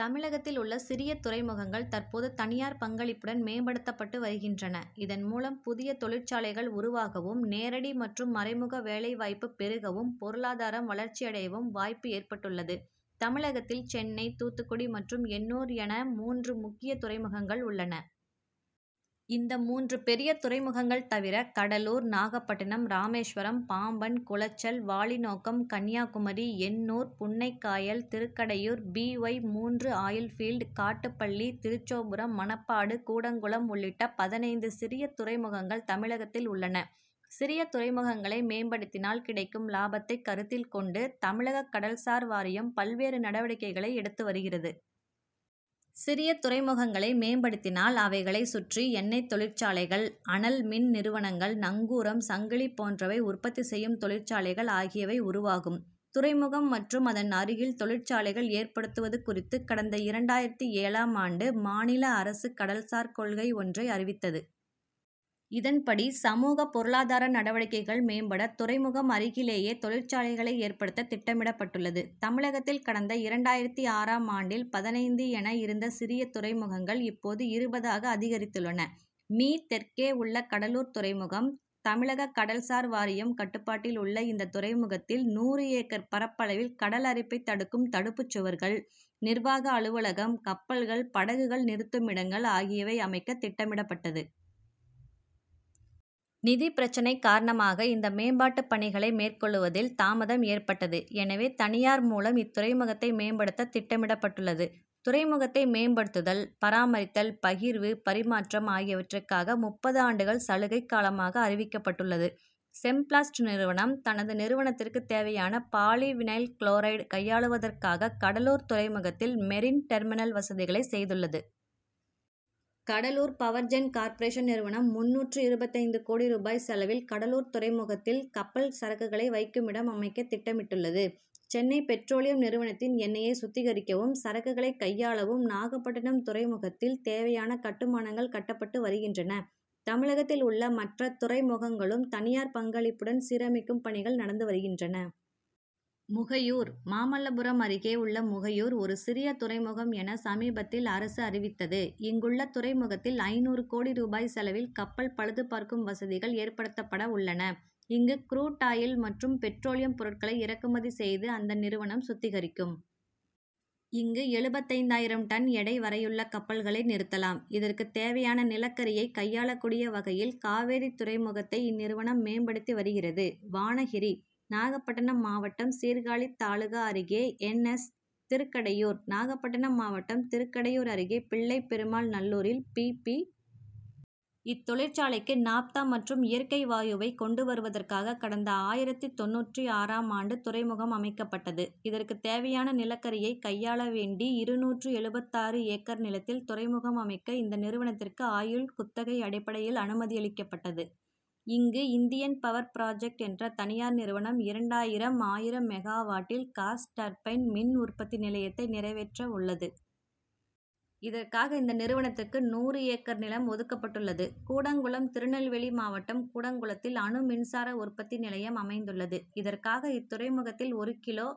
தமிழகத்தில் உள்ள சிறிய துறைமுகங்கள் தற்போது தனியார் பங்களிப்புடன் மேம்படுத்தப்பட்டு வருகின்றன. இதன் மூலம், புதிய தொழிற்சாலைகள் உருவாகவும்; நேரடி மற்றும் மறைமுக வேலை வாய்ப்பு பெருகவும்; பொருளாதாரம் வளர்ச்சியடையவும் வாய்ப்பு ஏற்பட்டுள்ளது. தமிழகத்தில் சென்னை, தூத்துக்குடி மற்றும் எண்ணூர் என மூன்று முக்கிய துறைமுகங்கள் உள்ளன. இந்த மூன்று பெரிய துறைமுகங்கள் தவிர, கடலூர், நாகப்பட்டினம், ராமேஸ்வரம், பாம்பன், குளச்சல், வாலினோக்கம், கன்னியாகுமரி, எண்ணூர், புண்ணக்காயல், திருக்கடையூர், பி. ஒய்-மூன்று ஆயில் பீல்டு, காட்டுப்பள்ளி, திருச்சோபுரம், மணப்பாடு, கூடங்குளம் உள்ளிட்ட பதினைந்து சிறிய துறைமுகங்கள் தமிழகத்தில் உள்ளன. சிறிய துறைமுகங்களை மேம்படுத்தினால் கிடைக்கும் லாபத்தை கருத்தில் கொண்டு, தமிழக கடல்சார் வாரியம் பல்வேறு நடவடிக்கைகளை எடுத்து வருகிறது. சிறிய துறைமுகங்களை மேம்படுத்தினால், அவைகளைச் சுற்றி எண்ணெய் தொழிற்சாலைகள், அனல் மின் நிறுவனங்கள், நங்கூரம், சங்கிலி போன்றவை உற்பத்தி செய்யும் தொழிற்சாலைகள் ஆகியவை உருவாகும். துறைமுகம் மற்றும் அதன் அருகில் தொழிற்சாலைகள் ஏற்படுத்துவது குறித்து கடந்த இரண்டாயிரத்து ஏழாம் ஆண்டு மாநில அரசு கடல்சார் கொள்கை ஒன்றை அறிவித்தது. இதன்படி, சமூக, பொருளாதார நடவடிக்கைகள் மேம்பட துறைமுகம் அருகிலேயே தொழிற்சாலைகளை ஏற்படுத்த திட்டமிடப்பட்டுள்ளது. தமிழகத்தில், கடந்த இரண்டாயிரத்து ஆறாம் ஆண்டில் பதினைந்து என இருந்த சிறிய துறைமுகங்கள் இப்போது இருபதாக அதிகரித்துள்ளன. மீ., தெற்கே உள்ளது கடலூர் துறைமுகம். தமிழக கடல் சார் வாரியம் கட்டுப்பாட்டில் உள்ள இந்த துறைமுகத்தில் நூறு ஏக்கர் பரப்பளவில் கடல் அரிப்பை தடுக்கும் தடுப்பு சுவர்கள், நிர்வாக அலுவலகம், கப்பல்கள், படகுகள் நிறுத்துமிடங்கள் ஆகியவை அமைக்க திட்டமிடப்பட்டது. நிதி பிரச்னை காரணமாக இந்த மேம்பாட்டு பணிகளை மேற்கொள்ளுவதில் தாமதம் ஏற்பட்டது. எனவே, தனியார் மூலம் இத்துறைமுகத்தை மேம்படுத்த திட்டமிடப்பட்டுள்ளது. துறைமுகத்தை மேம்படுத்துதல், பராமரித்தல், பகிர்வு, பரிமாற்றம் ஆகியவற்றிற்காக முப்பது ஆண்டுகள் சலுகை காலமாக அறிவிக்கப்பட்டுள்ளது. செம்பிளாஸ்ட் நிறுவனம், தனது நிறுவனத்திற்கு தேவையான பாலி வினைல் குரோரைடு கையாளுவதற்காக கடலூர் துறைமுகத்தில் மெரின் டெர்மினல் வசதிகளை செய்துள்ளது. கடலூர் பவர்ஜென் கார்ப்பரேஷன் நிறுவனம் முந்நூற்று இருபத்தைந்து கோடி ரூபாய் செலவில் கடலூர் துறைமுகத்தில் கப்பல் சரக்குகளை வைக்குமிடம் அமைக்க திட்டமிட்டுள்ளது. சென்னை பெட்ரோலியம் நிறுவனத்தின் எண்ணெயை சுத்திகரிக்கவும், சரக்குகளை கையாளவும் நாகப்பட்டினம் துறைமுகத்தில் தேவையான கட்டுமானங்கள் கட்டப்பட்டு வருகின்றன. தமிழகத்தில் உள்ள மற்ற துறைமுகங்களும் தனியார் பங்களிப்புடன் சீரமைக்கும் பணிகள் நடந்து வருகின்றன. முகையூர்: மாமல்லபுரம் அருகே உள்ள முகையூர் ஒரு சிறிய துறைமுகம் என சமீபத்தில் அரசு அறிவித்தது. இங்குள்ள துறைமுகத்தில் ஐந்நூறு கோடி ரூபாய் செலவில் கப்பல் பழுது பார்க்கும் வசதிகள் ஏற்படுத்தப்பட உள்ளன. இங்கு குரூட் ஆயில் மற்றும் பெட்ரோலியம் பொருட்களை இறக்குமதி செய்து, அந்த நிறுவனம் சுத்திகரிக்கும். இங்கு எழுபத்தைந்தாயிரம் டன் எடை வரையுள்ள கப்பல்களை நிறுத்தலாம். இதற்கு தேவையான நிலக்கரியை கையாளக்கூடிய வகையில் காவேரி துறைமுகத்தை இந்நிறுவனம் மேம்படுத்தி வருகிறது. வானகிரி: நாகப்பட்டினம் மாவட்டம் சீர்காழி தாலுகா அருகே என். எஸ். திருக்கடையூர்: நாகப்பட்டினம் மாவட்டம், திருக்கடையூர் அருகே பிள்ளைபெருமாள்நல்லூரில் பி. பி. இத்தொழிற்சாலைக்கு நாப்தா மற்றும் இயற்கை வாயுவை கொண்டு வருவதற்காக கடந்த ஆயிரத்து தொண்ணூற்று ஆறாம் ஆண்டு துறைமுகம் அமைக்கப்பட்டது. இதற்கு தேவையான நிலக்கரியை கையாள வேண்டி, இருநூற்று எழுபத்தாறு ஏக்கர் நிலத்தில் துறைமுகம் அமைக்க இந்த நிறுவனத்திற்கு ஆண்டு குத்தகை அடிப்படையில் அனுமதியளிக்கப்பட்டுள்ளது. இங்கு, இந்தியன் பவர் புராஜக்ட் என்ற தனியார் நிறுவனம் இரண்டாயிரம்ஆயிரம் மெகாவாட்டில் காஸ் டர்பைன் மின் உற்பத்தி நிலையத்தை நிறைவேற்ற உள்ளது. இதற்காக இந்த நிறுவனத்திற்கு நூறு ஏக்கர் நிலம் ஒதுக்கப்பட்டுள்ளது. கூடங்குளம் திருநெல்வேலி மாவட்டம் கூடங்குளத்தில் அணுமின்சார உற்பத்தி நிலையம் அமைந்துள்ளது. இதற்காக, இத்துறைமுகத்தில் ஒரு கிலோ